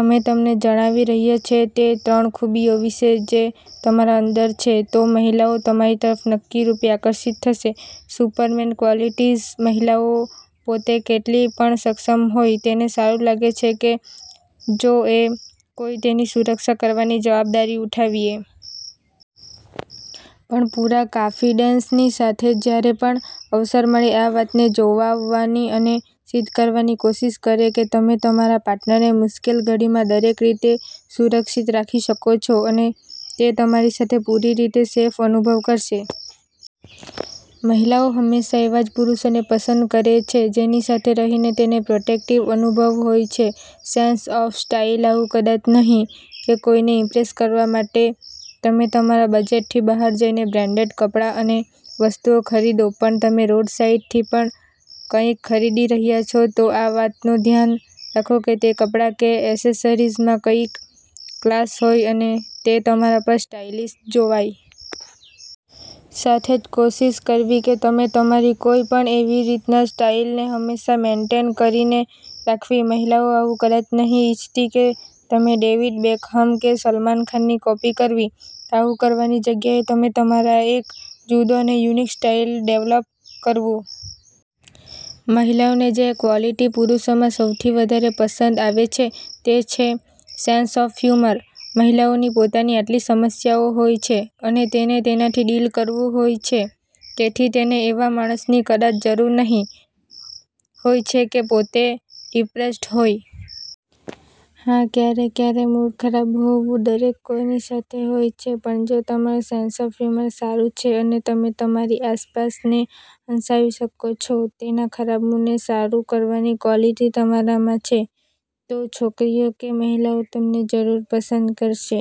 અમે તમને જણાવી રહ્ય છે તે ત્રણ ખૂબીઓ વિશે જે તમારા અંદર છે તો મહિલાઓ તમારી તરફ નક્કી રૂપે આકર્ષિત થશે. સુપરમેન ક્વાલિટીજ મહિલાઓ પોતે કેટલી પણ સક્ષમ હોય તેને સારું લાગે છે કે જોએ કોઈ તેની સુરક્ષા કરવાની જવાબદારી ઉઠાવીએ. પણ પૂરા કાંફીડેંસની સાથે જ્યારે પણ અવસર મળે આ વાતને જોવાવવાની અને સિદ્ધ કરવાની કોશિશ કરે કે તમે તમારા પાર્ટનરને મુશ્કેલ ઘડીમાં દરેક રીતે સુરક્ષિત રાખી શકો છો અને તે તમારી સાથે પૂરી રીતે સેફ અનુભવ કરશે. મહિલાઓ હમેશા એવા જ પુરૂષોને પસંદ કરે છે જેની સાથે રહીને તેને પ્રોટેક્ટિવ અનુભવ હોય છે. સેંસ ઑફ સ્ટાઈલ આવું કદાચ નહી કે કોઈને ઈમ્પ્રેસ કરવા માટે તમે તમારા બજટથી બહાર જઈને બ્રેંડેડ કપડા અને વસ્તુઓ ખરીદો પણ તમે રોડસાઈડથી પણ કઈક ખરીદી રહ્યા છો તો આ વાતનો ધ્યાન રાખો કે તે કપડા કે એસેસરીજમાં કઈક ક્લાસ હોય અને તે તમારા પર સ્ટાઈલિશ જોવાય. સાથે જ કોશિશ કરવી કે તમે તમારી કોઈ પણ એક રીતના સ્ટાઈલને હમેશા મેનટેન કરીને રાખવી. મહિલાઓ આવું કદાચ નહી ઈચ્છતી કે તમે ડેવિડ બેકહમ કે સલમાન ખાનની કૉપી કરવી. આવું કરવાની જગ્યા તમે તમારા એક જુદો અને યુનિક સ્ટાઈલ ડેવલપ કરવું. મહિલાઓને જે ક્વાલિટી પુરૂષોમાં સૌથી વધારે પસંદ આવે છે તે છે સેંસ ઑફ હ્યૂમર. મહિલાઓની પોતાની આટલી સમસ્યાઓ હોય છે અને તેને તેનાથી ડીલ કરવું હોય છે. તેથી તેને એવા માણસની કદાચ જરૂર નહી હોય છે કે પોતે ડિપ્રેસ્ડ હોય. હા ક્યારે કયારે મૂડ ખરાબ હોવું દરેક કોઈની સાથે હોય છે. પણ જો તમારું સેંસ ઑફ હ્યૂમર સારું છે અને તમે તમારી આસપાસને હંસાવી શકો છો, તેના ખરાબ મૂડને સારું કરવાની ક્વાલિટી તમારામાં છે તો છોકરીઓ કે મહિલાઓ તમને જરૂર પસંદ કરશે.